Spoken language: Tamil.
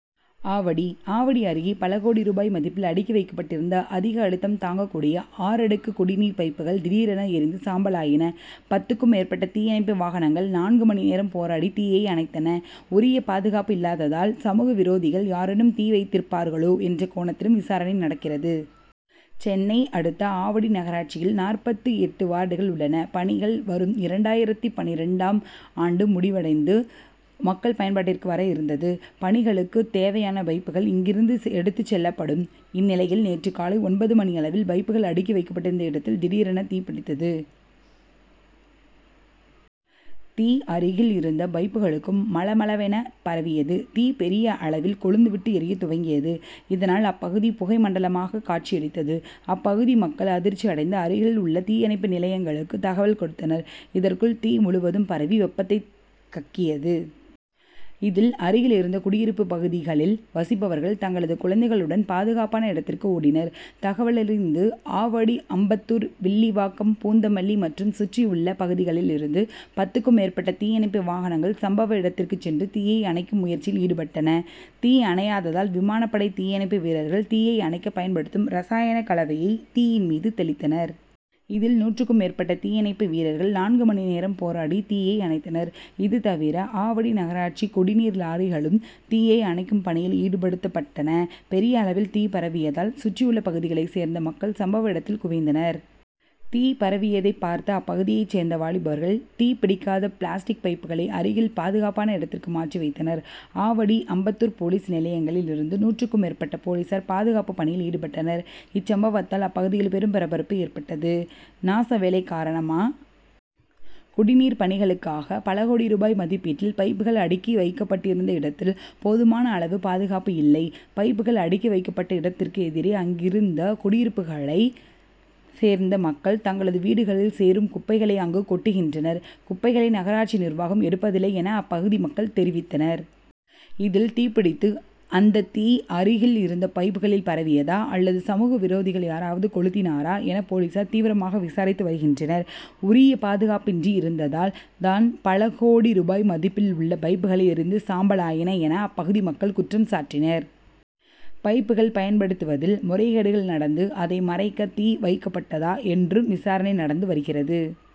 ஆவடி ஆவடி அருகே பல கோடி ரூபாய் மதிப்பில் அடுக்கி வைக்கப்பட்டிந்த அதிக அழுத்தம் தாங்கக் கூடிய ஆறடுக்கு குடிநீர் பைப்புகள் திடீரென எரிந்து சாம்பலாயின. பத்துக்கும் மேற்பட்ட தீயணைப்பு வாகனங்கள் நான்கு மணி நேரம் போராடி தீயை அணைத்தன. உரிய பாதுகாப்பு இல்லாதாதல், சமூக விரோதிகள் யாரேனும் தீ வைத்திருப்பார்களோ என்ற கோணத்திலும் விசாரணை நடக்கிறது. சென்னை அடுத்த ஆவடி நகராட்சியில் நாற்பத்து எட்டு வார்டுகள் உள்ளன. பணிகள், வரும் இரண்டாயிரத்து பன்னிரண்டாம் ஆண்டு முடிவடைந்து மக்கள் பயன்பாட்டிற்கு வர இருந்தது. பணிகளுக்குத் தேவையான பைப்புகள் இங்கிருந்து எடுத்துச் செல்லப்படும். இந்நிலையில், நேற்று காலை ஒன்பது மணி அளவில், பைப்புகள் அடுக்கி வைக்கப்பட்டிருந்த இடத்தில் திடீரென தீப்பிடித்தது. தீ, அருகில் இருந்த பைப்புகளுக்கும் மளமள'வென பரவியது. தீ பெரிய அளவில் கொழுந்து விட்டு எரியத் துவங்கியது. இதனால், அப்பகுதி புகை மண்டலமாக காட்சியளித்தது. அப்பகுதி மக்கள் அதிர்ச்சி அடைந்து அருகில் உள்ள தீயணைப்பு நிலையங் களுக்கு தகவல் கொடுத்தனர். இதற்குள் தீ முழுவதும் பரவி வெப்பத்தை கக்கியது. இதில், அருகில் இருந்த குடியிருப்பு பகுதிகளில் வசிப்பவர்கள் தங்களது குழந்தைகளுடன் பாதுகாப்பான இடத்திற்கு ஓடினர். தகவலறிந்து ஆவடி, அம்பத்தூர், வில்லிவாக்கம், பூந்தமல்லி மற்றும் சுற்றியுள்ள பகுதிகளில் இருந்து பத்துக்கும் மேற்பட்ட தீயணைப்பு வாகனங்கள் சம்பவ இடத்திற்குச் சென்று, தீயை அணைக்கும் முயற்சியில் ஈடுபட்டன. தீ அணையாததால், விமானப்படை தீயணைப்பு வீரர்கள் தீயை அணைக்க பயன்படுத்தும் ரசாயனக் கலவையை, தீயின் மீது தெளித்தனர். இதில், நூறுக்கும் மேற்பட்ட தீயணைப்பு வீரர்கள் நான்கு மணி நேரம் போராடி தீயை அணைத்தனர். இது தவிர, ஆவடி நகராட்சி குடிநீர் லாரிகளும் தீயை அணைக்கும் பணியில் ஈடுபடுத்தப் பட்டன. பெரிய அளவில் தீ பரவியதால் சுற்றியுள்ள பகுதிகளைச் சேர்ந்த மக்கள், சம்பவ இடத்தில் குவிந்தனர். தீ பரவியதை பார்த்த அப்பகுதியைச் சேர்ந்த வாலிபர்கள், தீ பிடிக்காத பிளாஸ்டிக் பைப்புகளை அருகில் பாதுகாப்பான இடத்திற்கு மாற்றி வைத்தனர். ஆவடி, அம்பத்தூர் போலீஸ் நிலையங்களில் இருந்து நூறுக்கும் மேற்பட்ட போலீசார் பாதுகாப்பு பணியில் ஈடுபட்டனர். இச்சம்பவத்தால் அப்பகுதியில் பெரும் பரபரப்பு ஏற்பட்டது. நாசவேலை காரணமா? குடிநீர் பணிகளுக்காக பலகோடி ரூபாய் மதிப்பீட்டில் பைப்கள் அடுக்கி வைக்கப் பட்டிருந்த இடத்தில் போதுமான அளவு பாதுகாப்பு இல்லை. பைப்புகள் அடுக்கி வைக்கப் பட்ட இடத்திற்கு எதிரே அங்கிருந்த குடியிருப்புகளைச் சேர்ந்த மக்கள் தங்களது வீடுகளில் சேரும் குப்பைகளை அங்கு கொட்டுகின்றனர். குப்பைகளை நகராட்சி நிர்வாகம் எடுப்பதில்லை என, அப்பகுதி மக்கள் தெரிவித்தனர். இதில் தீப்பிடித்து, அந்த தீ அருகில் இருந்த பைப்புகளில் பரவியதா அல்லது சமூக விரோதிகள் யாராவது கொளுத்தினரா என, போலீசார் தீவிரமாக விசாரித்து வருகின்றனர். உரிய பாதுகாப்பின்றி இருந்ததால் தான் பலகோடி ரூபாய் மதிப்பில் உள்ள பைப்புகளை எரிந்து சாம்பலாயின என அப்பகுதி மக்கள் குற்றம் சாட்டினர். பைப்புகள் பயன்படுத்துவதில் முறைகேடுகள் நடந்து, அதை மறைக்க தீ வைக்கப்பட்டதா? என்றும் விசாரணை நடந்து வருகிறது.